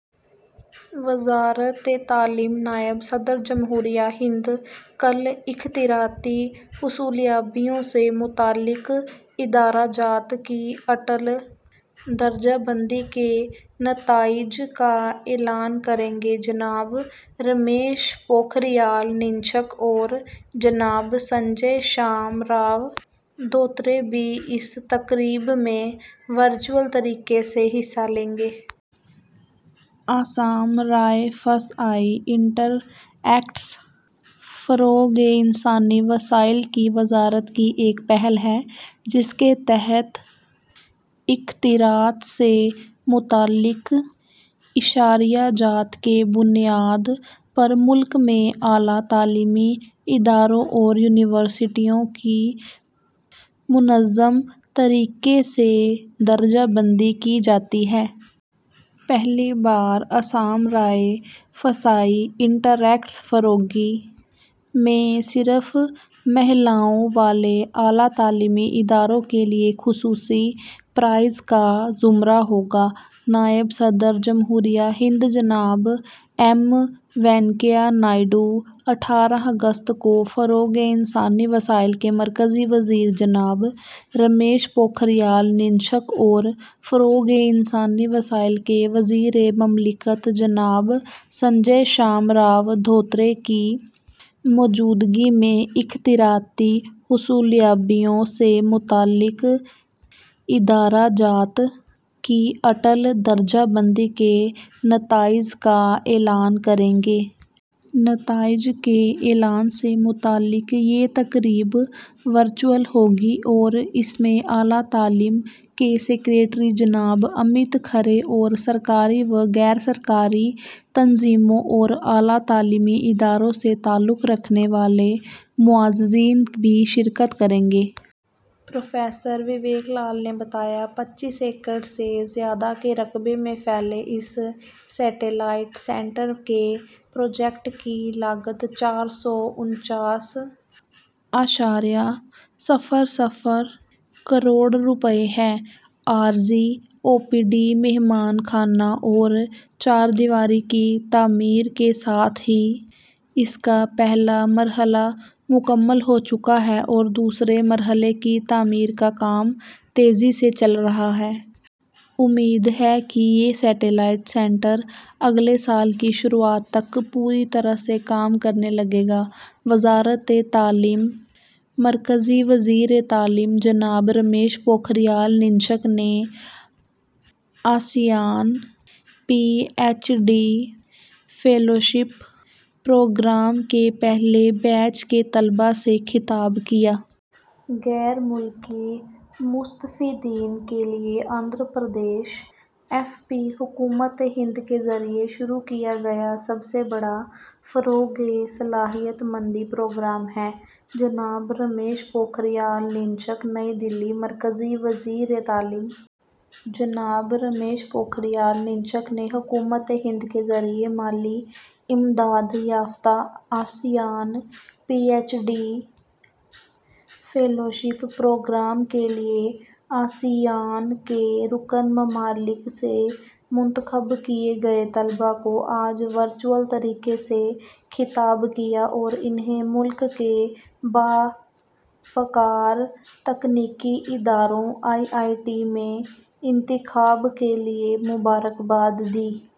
وزارتِ تعلیم نائب صدر جمہوریہ ہند کل اختراعاتی حصولیابیوں سے متعلق ادارہ جات کی اٹل درجہ بندی کے نتائج کا اعلان کریں گے۔ جناب رمیش پوکھریال نشنک اور جناب سنجے شام راؤ دھوترے بھی اس تقریب میں ورچوئل طریقے سے حصہ لیں گے۔ اے آر آئی آئی اے فروغِ انسانی وسائل کی وزارت کی ایک پہل ہے، جس کے تحت اختراعات سے متعلق اشاریہ جات کی بنیاد پر ملک میں اعلیٰ تعلیمی اداروں اور یونیورسٹیوں کی منظم طریقے سے درجہ بندی کی جاتی ہے۔ پہلی بار اے آر آئی آئی اے میں صرف خواتین والے اعلیٰ تعلیمی اداروں کے لیے خصوصی پرائز کا زمرہ ہوگا۔ نائب صدر جمہوریہ ہند جناب ایم وینکیا نائیڈو اٹھارہ اگست کو فروغِ انسانی وسائل کے مرکزی وزیر جناب رمیش پوکھریال نشنک اور فروغِ انسانی وسائل کے وزیر مملکت جناب سنجے شام راؤ دھوترے کی موجودگی میں اختراعاتی حصولیابیوں سے متعلق ادارہ جات کی اٹل درجہ بندی کے نتائج کا اعلان کریں گے۔ نتائج کے اعلان سے متعلق یہ تقریب ورچوئل ہوگی اور اس میں اعلیٰ تعلیم کے سکریٹری جناب امت کھرے اور سرکاری و غیر سرکاری تنظیموں اور اعلیٰ تعلیمی اداروں سے تعلق رکھنے والے معززین بھی شرکت کریں گے۔ پروفیسر وویک لال نے بتایا، ''پچیس ایکڑ سے زیادہ کے رقبے میں پھیلے اس سیٹلائٹ سنٹر کے پروجیکٹ کی لاگت چار سو انچاس اعشاریہ صفر صفر کروڑ روپے ہے۔ عارضی او پی ڈی، مہمان خانہ اور چہار دیواری کی تعمیر کے ساتھ ہی اس کا پہلا مرحلہ مکمل ہو چکا ہے اور دوسرے مرحلے کی تعمیر کا کام تیزی سے چل رہا ہے۔ امید ہے کہ یہ سیٹلائٹ سنٹر اگلے سال کی شروعات تک پوری طرح سے کام کرنے لگے گا۔'' وزارتِ تعلیم مرکزی وزیر تعلیم جناب رمیش پوکھریال نشنک نے ASEAN P H D fellowship programme کے پہلے بیچ کے طلباء سے خطاب کیا۔ غیر ملکی مستفیدین کے لیے اے پی ایف پی حکومتِ ہند کے ذریعے شروع کیا گیا سب سے بڑا فروغِ صلاحیت مندی پروگرام ہے: جناب رمیش پوکھریال 'نشنک' نئی دہلی: مرکزی وزیر تعلیم جناب رمیش پوکھریال 'نشنک' نے حکومتِ ہند کے ذریعے مالی امداد یافتہ ASEAN P H D fellowship programme کے لیے آسیان کے رکن ممالک سے منتخب کیے گئے طلباء کو آج ورچوئل طریقے سے خطاب کیا اور انھیں ملک کے باوقار تکنیکی اداروں آئی آئی ٹی میں انتخاب کے لیے مبارکباد دی۔